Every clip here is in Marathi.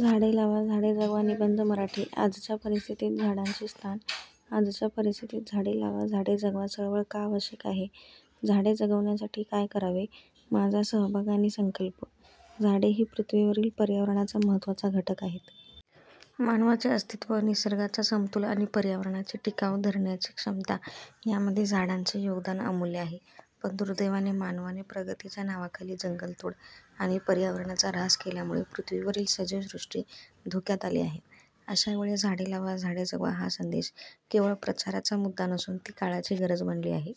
झाडे लावा, झाडे जगवा निबंध मराठी, आजच्या परिस्थितीत झाडांचे स्थान, आजच्या परिस्थितीत झाडे लावा, झाडे जगवा चळवळ का आवश्यक आहे? झाडे जगवण्यासाठी काय करावे? माझा सहभाग आणि संकल्प. झाडे ही पृथ्वीवरील पर्यावरणाचा महत्त्वाचा घटक आहेत. मानवाचे अस्तित्व, निसर्गाचा समतोल आणि पर्यावरणाची टिकाव धरण्याची क्षमता यामध्ये झाडांचे योगदान अमूल्य आहे. पण दुर्दैवाने, मानवाने प्रगतीच्या नावाखाली जंगलतोड आणि पर्यावरणाचा ऱ्हास केल्यामुळे पृथ्वीवरील सजीव सृष्टी धोक्यात आली आहे. अशा वेळी झाडे लावा, झाडे जगवा हा संदेश केवळ प्रचाराचा मुद्दा नसून, ती काळाची गरज बनली आहे.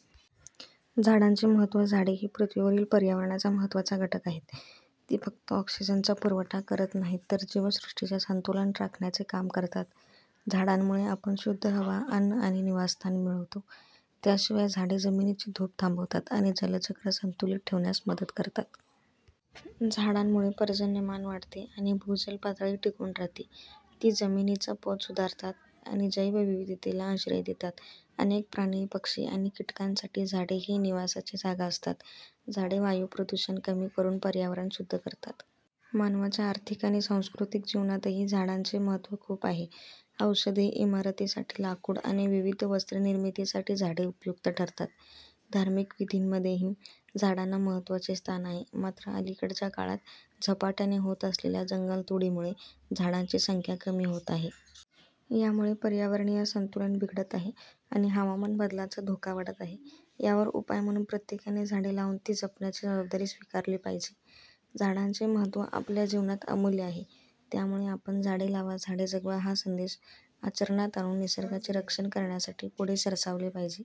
झाडांचे महत्त्व. झाडे ही पृथ्वीवरील पर्यावरणाचा महत्त्वाचा घटक आहेत. ती फक्त ऑक्सिजनचा पुरवठा करत नाहीत, तर जीवसृष्टीचे संतुलन राखण्याचे काम करतात. झाडांमुळे आपण शुद्ध हवा, अन्न आणि निवासस्थान मिळवतो. त्याशिवाय झाडे जमिनीची धूप थांबवतात आणि जलचक्र संतुलित ठेवण्यास मदत करतात. झाडांमुळे पर्जन्यमान वाढते आणि भूजल पातळी टिकून राहते. ती जमिनीचा पोत सुधारतात आणि जैवविविधतेला आश्रय देतात. अनेक प्राणी, पक्षी आणि कीटकांसाठी झाडे ही निवासाची जागा असतात. झाडे वायुप्रदूषण कमी करून पर्यावरण शुद्ध करतात. मानवाच्या आर्थिक आणि सांस्कृतिक जीवनातही झाडांचे महत्त्व खूप आहे. औषधे, इमारतीसाठी लाकूड आणि विविध वस्त्रनिर्मितीसाठी झाडे उपयुक्त ठरतात. धार्मिक विधींमध्येही झाडांना महत्त्वाचे स्थान आहे. मात्र, अलीकडच्या काळात झपाट्याने होत असलेल्या जंगलतोडीमुळे झाडांची संख्या कमी होत आहे. यामुळे पर्यावरणीय संतुलन बिघडत आहे आणि हवामान बदलाचा धोका वाढत आहे. यावर उपाय म्हणून प्रत्येकाने झाडे लावून ती जपण्याची जबाबदारी स्वीकारली पाहिजे. झाडांचे महत्त्व आपल्या जीवनात अमूल्य आहे. त्यामुळे आपण झाडे लावा, झाडे जगवा हा संदेश आचरणात आणून निसर्गाचे रक्षण करण्यासाठी पुढे सरसावले पाहिजे.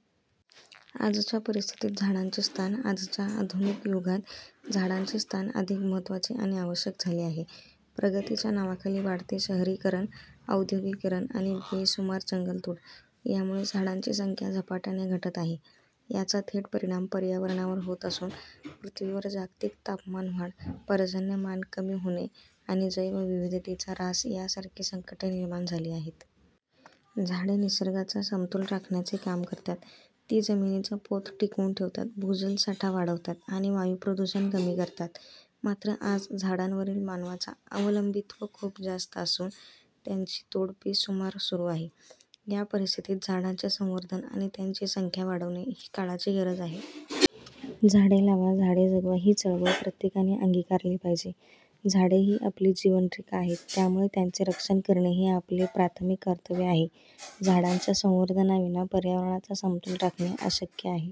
आजच्या परिस्थितीत झाडांचे स्थान. आजच्या आधुनिक युगात झाडांचे स्थान अधिक महत्त्वाचे आणि आवश्यक झाले आहे. प्रगतीच्या नावाखाली वाढते शहरीकरण, औद्योगिकीकरण आणि बेसुमार जंगलतोड यामुळे झाडांची संख्या झपाट्याने घटत आहे. याचा थेट परिणाम पर्यावरणावर होत असून, पृथ्वीवर जागतिक तापमानवाढ, पर्जन्यमान कमी होणे आणि जैवविविधतेचा ऱ्हास यासारखी संकटे निर्माण झाली आहेत. झाडे निसर्गाचा समतोल राखण्याचे काम करतात. ती जमिनीचा पोत टिकवून ठेवतात, भूजल साठा वाढवतात आणि वायुप्रदूषण कमी करतात. मात्र, आज झाडांवरील मानवाचा अवलंबित्व खूप जास्त असून, त्यांची तोड बेसुमार सुरू आहे. या परिस्थितीत झाडांचे संवर्धन आणि त्यांची संख्या वाढवणे ही काळाची गरज आहे. झाडे लावा, झाडे जगवा ही चळवळ प्रत्येकाने अंगीकारली पाहिजे. झाडे ही आपली जीवनरेखा आहेत, त्यामुळे त्यांचे रक्षण करणे हे आपले प्राथमिक कर्तव्य आहे. झाडांच्या संवर्धनाविना पर्यावरणाचा समतोल राखणे अशक्य आहे.